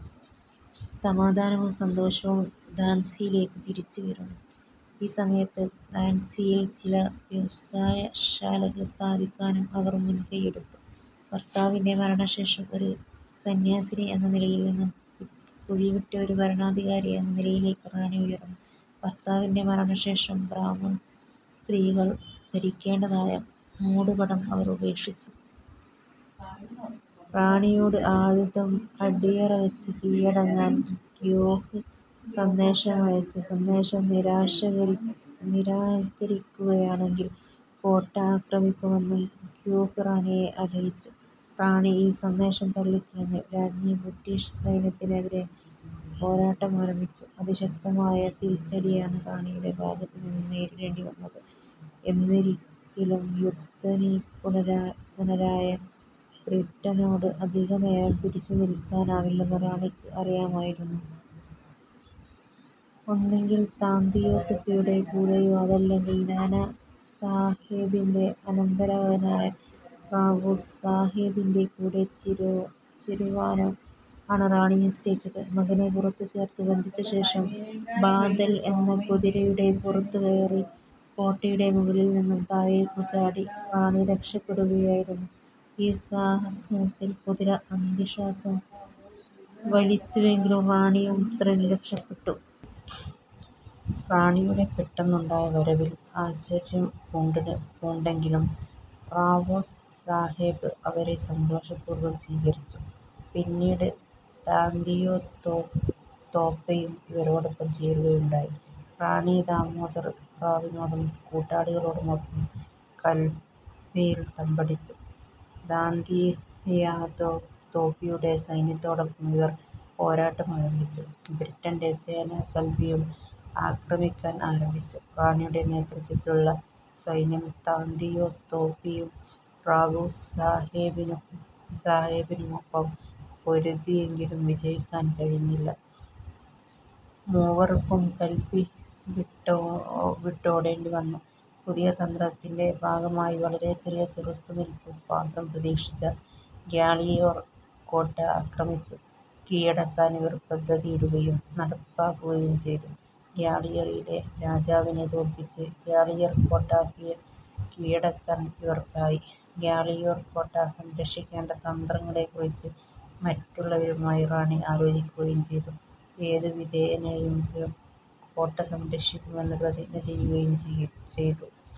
സമാധാനവും സന്തോഷവും ഝാൻസിയിലേക്കു തിരിച്ചുവന്നു. ഈ സമയത്ത് ഝാൻസിയിൽ ചില വ്യവസായശാലകൾ സ്ഥാപിക്കാനും അവർ മുൻകൈയ്യെടുത്തു. ഭർത്താവിന്റെ മരണശേഷം ഒരു സന്യാസിനി എന്ന നിലയിൽ നിന്നും കഴിവുറ്റ ഒരു ഭരണാധികാരി എന്ന നിലയിലേക്ക് റാണി ഉയർന്നു. ഭർത്താവിന്റെ മരണശേഷം ബ്രാഹ്മണസ്ത്രീകൾ ധരിക്കേണ്ടതായ മൂടുപടം അവർ ഉപേക്ഷിച്ചു. റാണിയോട് ആയുധം അടിയറവെച്ച് കീഴടങ്ങാൻ ഹ്യൂഗ് സന്ദേശമയച്ചു. സന്ദേശം നിരാകരിക്കുകയാണെങ്കിൽ കോട്ട ആക്രമിക്കുമെന്നും ഹ്യൂഗ് റാണിയെ അറിയിച്ചു. റാണി ഈ സന്ദേശം തള്ളിക്കളഞ്ഞു. രാജ്ഞി ബ്രിട്ടീഷ് സൈന്യത്തിനെതിരെ പോരാട്ടമാരംഭിച്ചു. അതിശക്തമായ തിരിച്ചടിയാണ് റാണിയുടെ ഭാഗത്തു നിന്നും നേരിടേണ്ടി വന്നത്. എന്നിരിക്കിലും യുദ്ധനിപുണരായ ബ്രിട്ടനോട് അധികനേരം പിടിച്ചു നിൽക്കാനാവില്ലെന്ന് റാണിക്ക് അറിയാമായിരുന്നു. ഒന്നുകിൽ താന്തിയോ തോപ്പിയുടെ കൂടെയോ അതല്ലെങ്കിൽ നാനാ സാഹേബിന്റെ അനന്തരവനായ റാവു സാഹേബിന്റെ കൂടെ ചേരുവാനോ ആണ് റാണി നിശ്ചയിച്ചത്. മകനെ പുറത്തുചേർത്തു ബന്ധിച്ചശേഷം ബാദൽ എന്ന കുതിരയുടെ പുറത്തു കയറി കോട്ടയുടെ മുകളിൽ നിന്നും താഴേക്കു ചാടി റാണി രക്ഷപ്പെടുകയായിരുന്നു. ഈ സാഹസത്തിൽ കുതിര അന്ത്യശ്വാസം വലിച്ചുവെങ്കിലും റാണിയും, പുത്രനും രക്ഷപ്പെട്ടു. റാണിയുടെ പെട്ടെന്നുണ്ടായ വരവിൽ ആശ്ചര്യം പൂണ്ടെങ്കിലും റാവോ സാഹേബ് അവരെ സന്തോഷപൂർവ്വം സ്വീകരിച്ചു. പിന്നീട് താന്തിയോ തോപ്പേയും ഇവരോടൊപ്പം ചേരുകയുണ്ടായി. റാണി ദാമോദർ റാവുവിനോടും കൂട്ടാളികളോടുമൊപ്പം കല്പിയിൽ തമ്പടിച്ചു. താന്തിയാതോപ്പിയുടെ സൈന്യത്തോടൊപ്പം ഇവർ പോരാട്ടമാരംഭിച്ചു. ബ്രിട്ടന്റെ സേന കല്പിയും ആക്രമിക്കാൻ ആരംഭിച്ചു. റാണിയുടെ നേതൃത്വത്തിലുള്ള സൈന്യം, താന്തിയോ തോപ്പിയും, റാവു സാഹേബിനുമൊപ്പം പൊരുതിയെങ്കിലും വിജയിക്കാൻ കഴിഞ്ഞില്ല. മൂവർക്കും കല്പി വിട്ടോടേണ്ടി വന്നു. പുതിയ തന്ത്രത്തിന്റെ ഭാഗമായി വളരെ ചെറിയ ചെറുത്തുനിൽപ്പു മാത്രം പ്രതീക്ഷിച്ച ഗ്വാളിയോർ കോട്ട ആക്രമിച്ചു കീഴടക്കാൻ ഇവർ പദ്ധതിയിടുകയും നടപ്പാക്കുകയും ചെയ്തു. ഗ്വാളിയറിലെ രാജാവിനെ തോല്പിച്ച് ഗ്വാളിയർ കോട്ട കീഴടക്കാൻ ഇവർക്കായി. ഗ്വാളിയോർ കോട്ട സംരക്ഷിക്കേണ്ട തന്ത്രങ്ങളെക്കുറിച്ച് മറ്റുള്ളവരുമായി റാണി ആലോചിക്കുകയും ഏതു വിധേനേയും കോട്ട സംരക്ഷിക്കുമെന്ന് പ്രതിജ്ഞ ചെയ്യുകയും ചെയ്തു.